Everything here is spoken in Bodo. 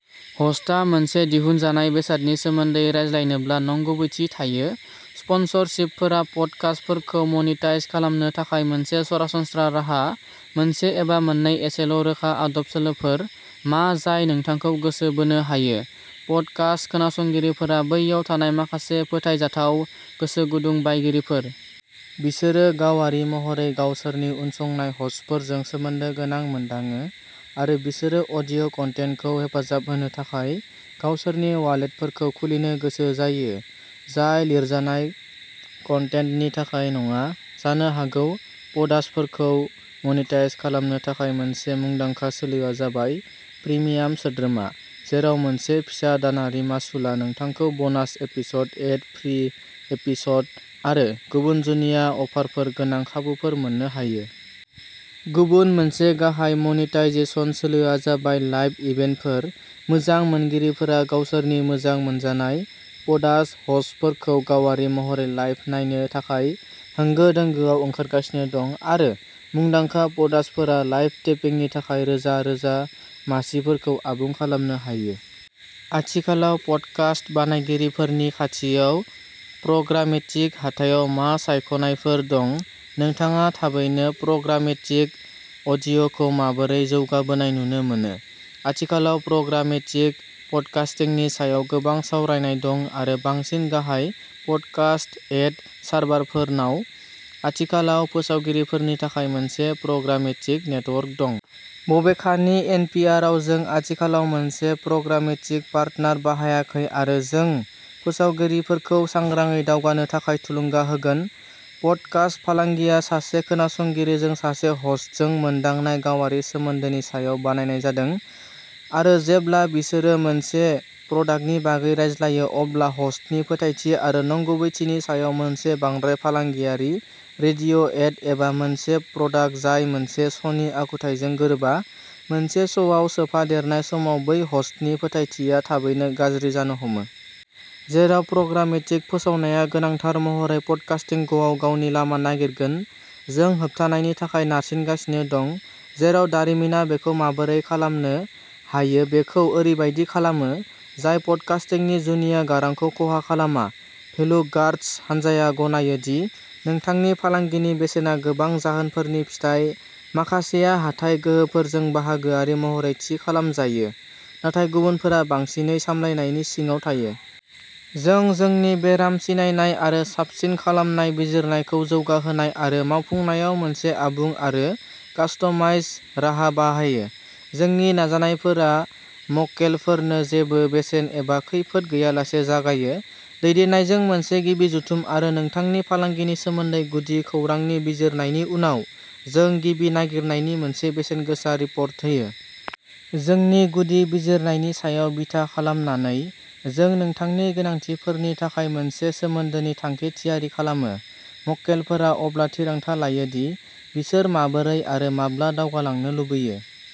ह'स्टआ मोनसे दिहुनजानाय बेसादनि सोमोन्दै रायज्लायनोब्ला नंगुबैथि थायो। स्पनसरशिपफोरा प'डकास्टफोरखौ मनेटाइज खालामनो थाखाय मोनसे सरासनस्रा राहा। मोनसे एबा मोननै एसेल' रोखा आदब सोलोफोर मा जाय नोंथांखौ गोसो बोनो हायो? प'डकास्ट खोनासंगिरिफोरा बैयाव थानाय माखासे फोथायजाथाव, गोसोगुदुं बायगिरिफोर। बिसोरो गावारि महरै गावसोरनि उनसंनाय ह'स्टफोरजों सोमोन्दो गोनां मोनदाङो आरो बिसोरो अडिय' कन्टेन्टखौ हेफाजाब होनो थाखाय गावसोरनि वालेटफोरखौ खुलिनो गोसो जायो, जाय लिरजानाय कन्टेन्टनि थाखाय नङा जानो हागौ। प'डास्टफोरखौ मनेटाइज खालामनो थाखाय मोनसे मुंदांखा सोलोआ जाबाय प्रिमियाम सोद्रोमा, जेराव मोनसे फिसा दानारि मासुलआ नोंथांखौ ब'नास एपिस'ड, एड-फ्री एपिस'ड आरो गुबुन जुनिया अफारफोर गोनां खाबुफोर मोननो हायो। गुबुन मोनसे गाहाय मनेटाइजेशन सोलोआ जाबाय लाइभ इभेन्टफोर। मोजां मोनगिरिफोरा गावसोरनि मोजां मोनजानाय प'डास्ट ह'स्टफोरखौ गावारि महरै लाइभ नायनो थाखाय होंगो-दोंगोआव ओंखारगासिनो दं आरो मुंदांखा प'डास्टफोरा लाइभ टेपिंनि थाखाय रोजा-रोजा मासिफोरखौ आबुं खालामनो हायो। आथिखालाव पडकास्ट बानायगिरिफोरनि खाथियाव प्रग्रामेटिक हाथायाव मा सायख'नायफोर दं? नोंथाङा थाबैनो प्रग्रामेटिक अडिय'खौ माबोरै जौगाबोनाय नुनो मोनो? आथिखालाव प्रग्रामेटिक पडकास्टिंनि सायाव गोबां सावरायनाय दं आरो बांसिन गाहाय पडकास्ट एड सार्भारफोरनाव आथिखालाव फोसावगिरिफोरनि थाखाय मोनसे प्रग्रामेटिक नेटवर्क दं। बबेखानि एनपिआरआव जों आथिखालाव मोनसे प्रग्रामेटिक पार्टनार बाहायाखै आरो जों फोसावगिरिफोरखौ सांग्राङै दावगानो थाखाय थुलुंगा होगोन। पडकास्ट फालांगिया सासे खोनासंगिरिजों सासे ह'स्टजों मोनदांनाय गावारि सोमोन्दोनि सायाव बानायनाय जादों आरो जेब्ला बिसोरो मोनसे प्रडाक्टनि बागै रायज्लायो अब्ला ह'स्टनि फोथायथि आरो नंगुबैथिनि सायाव मोनसे बांद्राय फालांगियारि रेडिय'एड, एबा मोनसे प्रडाक्ट जाय मोनसे श'नि आखुथाइजों गोरोबा, मोनसे श'आव सोफादेरनाय समाव बै ह'स्टनि फोथायथिआ थाबैनो गाज्रि जानो हमो। जेराव प्रग्रामेटिक फोसावनाया गोनांथार महरै पडकास्टिंगआव गावनि लामा नागिरगोन, जों होबथानायनि थाखाय नारसिनगासिनो दं, जेराव दारिमिना बेखौ माबोरै खालामनो हायो बेखौ ओरैबायदि खालामो, जाय पडकास्टिंनि जुनिया गारांखौ खहा खालामा। भेलु गार्डस हान्जाया गनायो दि नोंथांनि फालांगिनि बेसेना गोबां जाहोनफोरनि फिथाय, माखासेआ हाथाइ गोहोफोरजों बाहागोआरि महरै थि खालामजायो, नाथाय गुबुनफोरा बांसिनै सामलायनायनि सिङाव थायो। जों जोंनि बेराम सिनायनाय आरो साबसिन खालामनाय बिजिरनायखौ जौगाहोनाय आरो मावफुंनायाव मोनसे आबुं आरो कास्टमाइज्ड राहा बाहायो। जोंनि नाजानायफोरा मक्केलफोरनो जेबो बेसेन एबा खैफोद गैयालासे जागायो। दैदेननायजों मोनसे गिबि जथुम आरो नोंथांनि फालांगिनि सोमोन्दै गुदि खौरांनि बिजिरनायनि उनाव, जों गिबि नागिरनायनि मोनसे बेसेनगोसा रिपर्ट होयो। जोंनि गुदि बिजिरनायनि सायाव बिथा खालामनानै, जों नोंथांनि गोनांथिफोरनि थाखाय मोनसे सोमोन्दोनि थांखि थियारि खालामो। मक्केलफोरा अब्ला थिरांथा लायो दि बिसोर माबोरै, आरो माब्ला दावगालांनो लुबैयो।